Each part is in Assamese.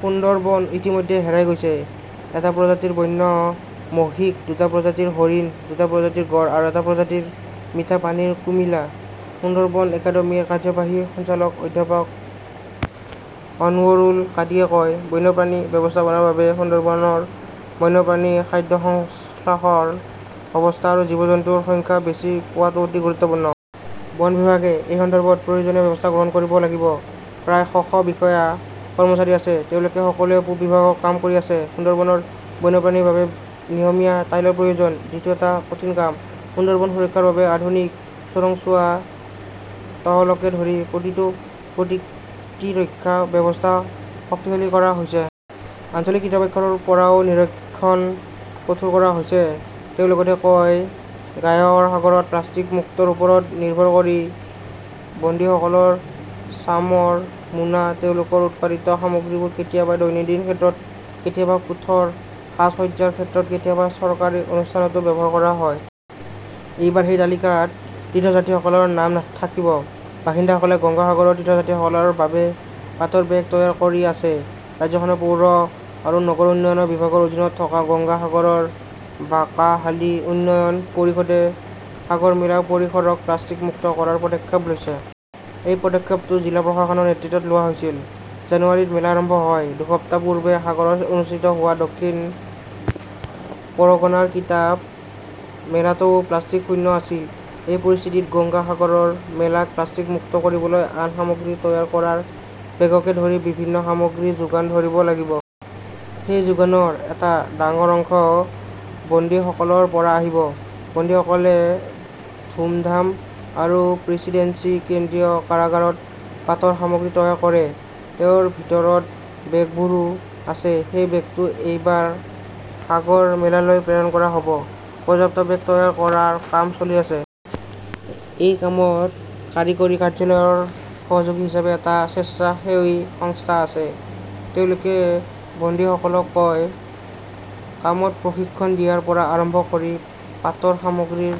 সুন্দৰবন ইতিমধ্যে হেৰাই গৈছে, এটা প্ৰজাতিৰ বন্য মহিষ, দুটা প্ৰজাতিৰ হৰিণ, দুটা প্ৰজাতিৰ গঁড় আৰু এটা প্ৰজাতিৰ মিঠা পানীৰ কুমিলা। সুন্দৰবন একাডেমীৰ কাৰ্যবাহী সঞ্চালক অধ্যাপক অনৱৰুল কাদিয়ে কয়, বন্যপ্ৰাণী ব্যৱস্থাপনাৰ বাবে সুন্দৰবনৰ বন্যপ্ৰাণী খাদ্য শৃংখলৰ অৱস্থা আৰু জীৱ-জন্তুৰ সংখ্যা বুজি পোৱাটো অতি গুৰুত্বপূৰ্ণ। বন বিভাগে এই সন্দৰ্ভত প্ৰয়োজনীয় ব্যৱস্থা গ্ৰহণ কৰিব লাগিব। প্ৰায় শ শ বিষয়া-কৰ্মচাৰী আছে। তেওঁলোক সকলোৱে পূব বিভাগত কাম কৰি আছে। সুন্দৰবনৰ বন্যপ্ৰাণীৰ বাবে নিয়মীয়া টহলৰ প্ৰয়োজন। যিটো এটা কঠিন কাম। সুন্দৰবন সুৰক্ষাৰ বাবে আধুনিক চোৰাংচোৱা টহলকে ধৰি প্ৰতিটো প্ৰতিকটিৰক্ষা ব্যৱস্থা শক্তিশালী কৰা হৈছে। আঞ্চলিক কৰ্তৃপক্ষৰ পৰাও নিৰীক্ষণ কঠোৰ কৰা হৈছে, তেওঁ লগতে কয় গাঙ্গেয় সাগৰত প্লাষ্টিক-মুক্তিৰ ওপৰত নিৰ্ভৰ কৰি বন্দীসকলৰ চামৰ মোনা তেওঁলোকৰ উৎপাদিত সামগ্ৰীবোৰ কেতিয়াবা দৈনন্দিন ক্ষেত্ৰত, কেতিয়াবা কোঠাৰ সাজ-সজ্জাৰ ক্ষেত্ৰত, কেতিয়াবা চৰকাৰী অনুষ্ঠানতো ব্যৱহাৰ কৰা হয়। এইবাৰ সেই তালিকাত তীৰ্থযাত্ৰীসকলৰ নাম না থাকিব। বন্দীসকলে গংগা সাগৰৰ তীৰ্থযাত্ৰীসকলৰ বাবে পাটৰ বেগ তৈয়াৰ কৰি আছে। ৰাজ্যখনৰ পৌৰ আৰু নগৰ উন্নয়ন বিভাগৰ অধীনত থকা গংগা সাগৰ বাকাহালী উন্নয়ন পৰিষদে সাগৰমেলা পৰিসৰক প্লাষ্টিক-মুক্ত কৰাৰ পদক্ষেপ লৈছে। এই পদক্ষেপটো জিলা প্ৰশাসনৰ নেতৃত্বত লোৱা হৈছিল। জানুৱাৰীত মেলা আৰম্ভ হয়। দুসপ্তাহ পূৰ্বে সাগৰত অনুষ্ঠিত হোৱা দক্ষিণ পৰগনাৰ কিতাপ মেলাটোও প্লাষ্টিক-শূন্য আছিল। এই পৰিস্থিতিত গংগা সাগৰ মেলাক প্লাষ্টিক মুক্ত কৰিবলৈ আন সামগ্ৰীৰে তৈয়াৰ কৰা বেগকে ধৰি বিভিন্ন সামগ্ৰী যোগান ধৰিব লাগিব। সেই যোগানৰ এটা ডাঙৰ অংশ বন্দীসকলৰ পৰা আহিব। বন্দীসকলে ধুমধাম আৰু প্ৰেচিডেন্সি কেন্দ্ৰীয় কাৰাগাৰত পাটৰ সামগ্ৰী তৈয়াৰ কৰে। তেওঁৰ ভিতৰত বেগবোৰো আছে। সেই বেগটো এইবাৰ সাগৰমেলালৈ প্ৰেৰণ কৰা হ'ব। পৰ্যাপ্ত বেগ তৈয়াৰ কৰাৰ কাম চলি আছে। এই কামত কাৰিকৰী কাৰ্যালয়ৰ সহযোগী হিচাপে এটা স্বেচ্ছাসেৱী সংস্থা আছে। তেওঁলোকে বন্দীসকলক এই কামত প্ৰশিক্ষণ দিয়াৰ পৰা আৰম্ভ কৰি পাটৰ সামগ্ৰীৰ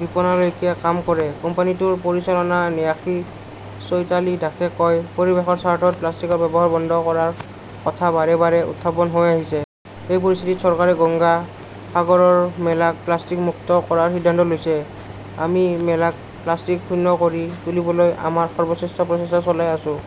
বিপণনলৈকে কাম কৰে। কোম্পানীটোৰ পৰিচালনা ন্যাসী চৈতালী দাসে কয় পৰিৱেশৰ স্বাৰ্থত প্লাষ্টিকৰ ব্যৱহাৰ বন্ধ কৰাৰ কথা বাৰে -বাৰে উত্থাপন হৈ আহিছে। এই পৰিস্থিতিত চৰকাৰে গংগা সাগৰ মেলাক প্লাষ্টিক-মুক্ত কৰাৰ সিদ্ধান্ত লৈছে। আমি মেলাক প্লাষ্টিক-শূন্য কৰি তুলিবলৈ আমাৰ সৰ্বশ্ৰেষ্ঠ প্ৰচেষ্টা চলাই আছোঁ।